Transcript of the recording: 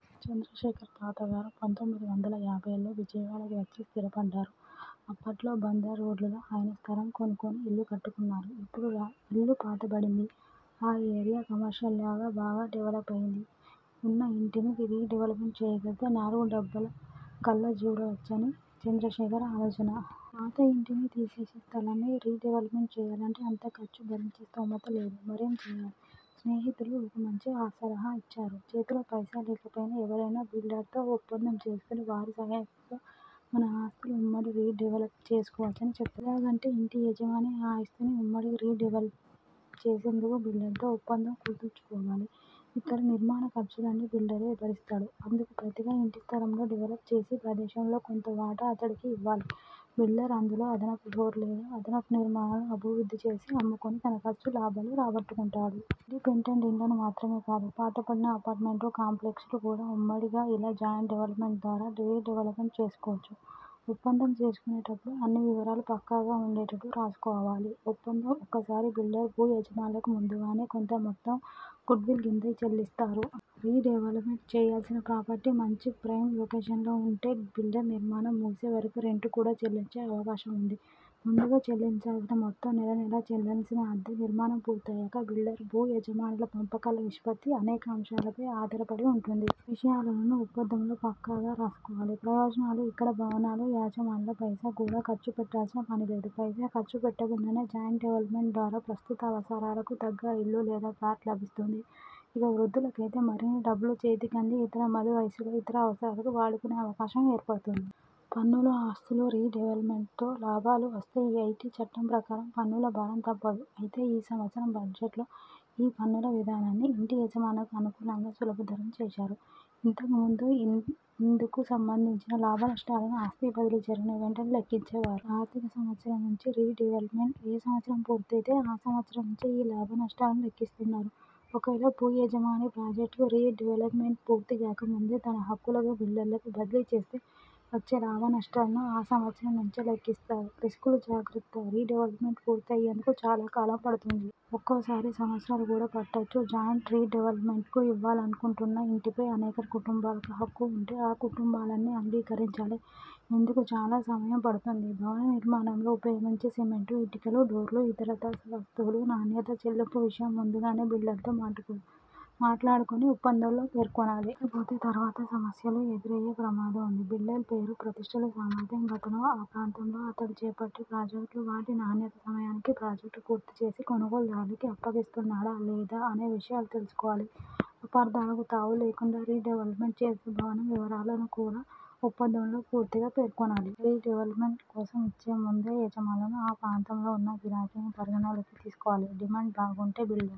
చంద్రశేఖర్ తాతగారు పంతొమ్మిది వందల యాభైల్లో విజయవాడకు వచ్చి స్థిరపడ్డారు. అప్పట్లో బందర్ రోడ్లో ఆయన స్థలం కొనుక్కొని ఇల్లు కట్టుకున్నారు. ఇప్పుడా ఇళ్లు పాతబడింది. ఆ ఏరియా కమర్షియల్గా బాగా డెవలప్ అయింది. ఉన్న ఇంటిని రీడెవలప్ చేయగలిగితే నాలుగు డబ్బులు కళ్ల జూడవచ్చన్నది చంద్రశేఖర్ ఆలోచన. పాత ఇంటిని తీసేసి స్థలాన్ని రీడెవలప్ చేయాలంటే అంత ఖర్చు భరించే స్తోమత లేదు. మరేం చేయాలి. స్నేహితులు ఒక మంచి సలహా ఇచ్చారు. చేతిలో పైసా లేకపోయినా, ఎవరైనా బిల్డర్తో ఒప్పందం చేసుకొని వారి సాయంతో మన ఆస్తులను ఉమ్మడిగా రీ డెవలప్ చేసుకోవచ్చని చెప్పారు. ఎలాగంటే, ఇంటి యజమాని ఆ ఆస్తిని ఉమ్మడిగా రీడెవలప్ చేసేందుకు బిల్డర్తో ఒప్పందం కుదుర్చుకోవాలి. ఇక్కడ నిర్మాణ ఖర్చులన్నీ బిల్డరే భరిస్తాడు. అందుకు ప్రతిగా ఇంటి స్థలంలో, డెవలప్ చేసిన ప్రదేశం లో కొంత వాటా అతడికి ఇవ్వాలి. బిల్డర్ అందులో అదనపు ఫ్లోర్ లేదా అదనపు నిర్మాణాలు అభివృద్ధి చేసి అమ్ముకుని తన ఖర్చులు, లాభాలు రాబట్టుకుంటాడు. ఇండిపెండెంట్ ఇళ్లను మాత్రమే కాదు పాతబడిన అపార్ట్మెంట్ కాంప్లెక్స్లను కూడా ఉమ్మడిగా ఇలా జాయింట్ డెవల్పమెంట్ ద్వారా రీడెవలప్ చేసుకోవచ్చు. ఒప్పందం చేసుకునేటపుడే అన్ని వివరాలు పక్కాగా ఉండేటట్టు రాసుకోవాలి. ఒప్పందం.. ఒక్కోసారి బిల్డర్ భూ యజమానులకు ముందుగానే కొంత మొత్తం గుడ్విల్ కింద చెల్లిస్తారు. రీడెవలప్ చేయాల్సిన ప్రాపర్టీ మంచి ప్రైమ్ లొకేషన్లో ఉంటే బిల్డర్ నిర్మాణం ముగిసే వరకు రెంట్ కూడా చెల్లించే అవకాశం ఉంది. ముందుగా చెల్లించాల్సిన మొత్తం, నెలనెలా చెల్లించాల్సిన అద్దె, నిర్మాణం పూర్తయ్యాక బిల్డర్, భూ యజమానుల పంపకాల నిష్పత్తి అనేక అంశాలపై ఆధారపడి ఉంటుంది. ఈ విషయాలనూ ఒప్పందంలో పక్కాగా రాసుకోవాలి. ప్రయోజనాలు ఇక్కడ భవనాల యజమానులు పైసా కూడా ఖర్చు పెట్టాల్సిన పని లేదు. పైసా ఖర్చు పెట్టకుండానే జాయింట్ డెవలప్మెంట్ ద్వారా ప్రస్తుత అవసరాలకు తగ్గ ఇల్లు లేదా ఫ్లాట్ లభిస్తుంది. ఇక వృద్ధులకైతే మరిన్ని డబ్బులు చేతికంది ఇతర మలి వయసులో ఇతర అవసరాలకు వాడుకునే అవకాశం ఏర్పడుతుంది. పన్నులు ఆస్తుల రీడెవలప్మెట్తో లాభాలు వస్తే ఐటి చట్టం ప్రకారం పన్నుల భారం తప్పదు. అయితే ఈ సంవత్సరం బడ్జెట్లో ఈ పన్నుల విధానాన్ని ఇంటి యజమానులకు అనుకూలంగా సులభతరం చేశారు. ఇంతకు ముందు ఇందు ఇందుకు సంబంధించిన లాభనష్టాలను ఆస్తి బదిలీ జరిగిన వెంటనే లెక్కించే వారు. ఈ ఆర్థిక సంవత్సరం నుంచి రీడెవల్పమెంట్ ఏ సంవత్సరం పూర్తయితే ఆ సంవత్సరం నుంచే ఈ లాభనష్టాలను లెక్కిస్తున్నారు. ఒకవేళ భూ యజమాని ప్రాజెక్టు రీడెవల్పమెంట్ పూర్తిగాక ముందే తన హక్కులను బిల్డర్కు బదిలీ చేస్తే వచ్చే లాభనష్టాలను ఆ సంవత్సరం నుంచే లెక్కిస్తారు. రిస్కులు జాగ్రత్తలు రీడెవలప్మెంట్ పూర్తయ్యేందుకు చాలా కాలం పడుతుంది. ఒక్కోసారి సంవత్సరాలు కూడా పట్టొచ్చు. జాయింట్గా రీడెవలప్మెంట్కు ఇవ్వాలనుకుంటున్న ఇంటిపై అనేక కుటుంబాలకు హక్కు ఉంటే ఆ కుటుంబాలన్నీ అంగీకరించాలి. ఇందుకు చాలా సమయం పడుతుంది. భవన నిర్మాణంలో ఉపయోగించే సిమెంట్, ఇటుకలు, డోర్లు, ఇతరత్రా వస్తువుల నాణ్యత, చెల్లింపుల విషయం ముందుగానే బిల్డర్తో మాట్లాడుకు మాట్లాడుకుని ఒప్పందంలో పేర్కొనాలి. లేకపోతే తర్వాత సమస్యలు ఎదురయ్యే ప్రమాదం ఉంది. బిల్డర్ పేరు ప్రతిష్ఠలు, సామర్థ్యం, గతంలో ఆ ప్రాంతంలో అతడు చేపట్టిన ప్రాజెక్టులు, వాటి నాణ్యత, సమయానికి ప్రాజెక్టు పూర్తి చేసి కొనుగోలుదారులకు అప్పగిస్తున్నాడా? లేదా? అనే విషయాలూ తెలుసుకోవాలి. అపార్థాలకు తావు లేకుండా రీడెవలప్ చేసే భవనం వివరాలను కూడా ఒప్పందంలో పూర్తిగా పేర్కొనాలి. రీడెవలప్మెంట్ కోసం ఇచ్చే ముందే యజమానులు ఆ ప్రాం తంలో ఉన్న గిరాకీని పరిగణనలోకి తీసుకోవాలి. డిమాండ్ బాగుంటే బిల్డర్